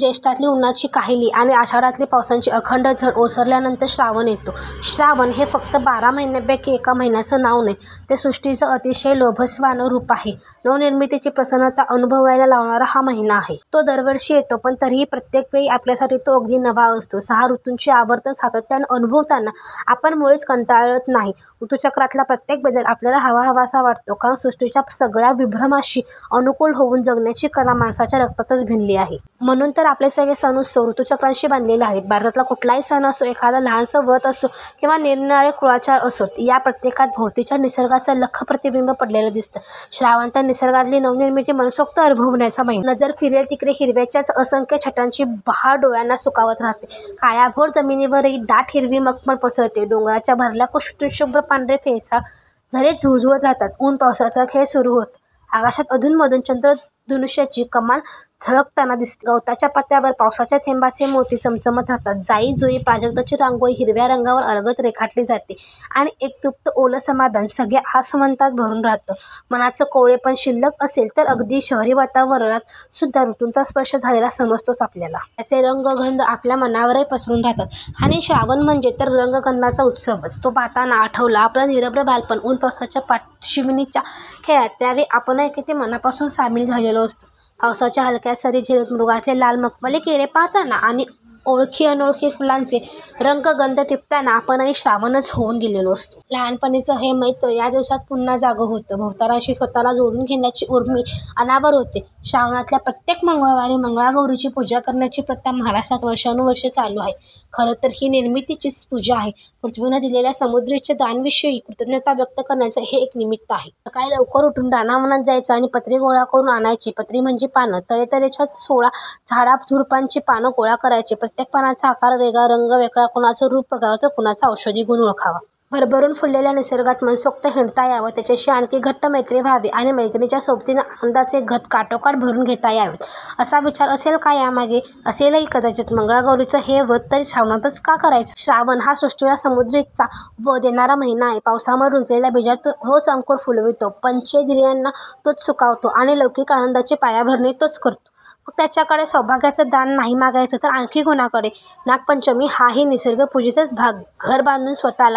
ज्येष्ठातली उन्हाची काहिली आणि आषाढातली पावसाची अखंड झड ओसरल्यानंतर श्रावण येतो. श्रावण हे फक्त बारा महिन्यांपैकी एका महिन्याचं नाव नाही. ते सृष्टीचं अतिशय लोभसवाणं रूप आहे. नवनिर्मितीची प्रसन्नता अनुभवायला लावणारा हा महिना आहे. तो दरवर्षी येतो पण तरीही प्रत्येक वेळी आपल्यासाठी तो अगदी नवा असतो. सहा ऋतूंची आवर्तनं सातत्यानं अनुभवताना आपण मुळीच कंटाळत नाही. ऋतुचक्रातला प्रत्येक बदल आपल्याला हवाहवासा वाटतो. कारण सृष्टीच्या सगळ्या विभ्रमांशी अनुकूल होऊन जगण्याची कला माणसाच्या रक्तातच भिनली आहे. म्हणून तर आपले सगळे सण-उत्सव ऋतुचक्राशी बांधलेले आहेत. भारतातला कुठलाही सण असो, एखादं लहानसं व्रत असो किंवा निरनिराळे कुळाचार असोत, या प्रत्येकात भोवतीच्या निसर्गाचं लख्ख प्रतिबिंब पडलेलं दिसतं. श्रावण तर निसर्गातली नवनिर्मिती मनसोक्त अनुभवण्याचा महिना. नजर फिरेल तिकडे हिरव्याच्या असंख्य छटांची बहार डोळ्यांना सुखावत राहते. काळ्याभोर जमिनीवरही दाट, हिरवी मखमल पसरते. डोंगराच्या भरल्या कुशीतून शुभ्र पांढरे, फेसाळ झरे झुळझुळत राहतात. ऊन-पावसाचा खेळ सुरू होतो. आकाशात अधून-मधून इंद्रधनुष्याची कमान झळकताना दिसते. गवताच्या पात्यांवर पावसाच्या थेंबांचे मोती चमचमत राहतात. जाई-जुई, प्राजक्ताची रांगोळी हिरव्या रंगावर अलगद रेखाटली जाते आणि एक तृप्त ओलं समाधान सगळ्या आसमंतात भरून राहतं. मनाचं कोवळेपण शिल्लक असेल तर अगदी शहरी वातावरणात सुद्धा ऋतूंचा स्पर्श झालेला समजतोच आपल्याला. त्यांचे रंग-गंध आपल्या मनावरही पसरून राहतात. आणि श्रावण म्हणजे तर रंग-गंधांचा उत्सवच! तो पाहताना आठवतं आपलं निरभ्र बालपण. ऊन-पावसाच्या पाठशिवणीच्या खेळात त्यावेळी आपणही किती मनापासून सामील झालेलो असतो! पावसाच्या हलक्या सरी झेलत मृगाचे लाल मखमली किडे पाहताना आणि ओळखी-अनोळखी फुलांचे रंग-गंध टिपताना आपणही श्रावणच होऊन गेलेलो असतो! लहानपणीचं हे मैत्र या दिवसांत पुन्हा जागं होतं. भवतालाशी स्वतःला जोडून घेण्याची ऊर्मी अनावर होते. श्रावणातल्या प्रत्येक मंगळवारी मंगळागौरीची पूजा करण्याची प्रथा महाराष्ट्रात वर्षानुवर्षं चालू आहे. खरं तर ही निर्मितीचीच पूजा आहे. पृथ्वीनं दिलेल्या समृद्धीच्या दानाविषयी कृतज्ञता व्यक्त करण्याचं हे एक निमित्त आहे. सकाळी लवकर उठून रानावनात जायचं आणि पत्री गोळा करून आणायची. पत्री म्हणजे पानं. तऱ्हेतऱ्हेच्या सोळा झाडाझुडपांची पानं गोळा करायची. प्रत्येक पानाचा आकार वेगळा, रंग वेगळा. कुणाचं रूप बघावं तर कुणाचा औषधी गुण ओळखावा. भरभरून फुललेल्या निसर्गात मनसोक्त हिंडता यावं, त्याच्याशी आणखी घट्ट मैत्री व्हावी आणि मैत्रिणींच्या सोबतीनं आनंदाचे घट काठोकाठ भरून घेता यावेत, असा विचार असेल का यामागे? असेलही कदाचित. मंगळागौरीचं हे व्रत तरी श्रावणातच का करायचं? श्रावण हा सृष्टीला समृद्धीचा वर देणारा महिना आहे. पावसामुळे रुजलेल्या बीजातून तोच अंकुर फुलवितो. पंचेंद्रियांना तोच सुखावतो आणि लौकिक आनंदाची पायाभरणीही तोच करतो. मग त्याच्याकडे सौभाग्याचं दान नाही मागायचं तर आणखी कुणाकडे? नागपंचमी हाही निसर्गपूजेचाच भाग. घर बांधून स्वतःला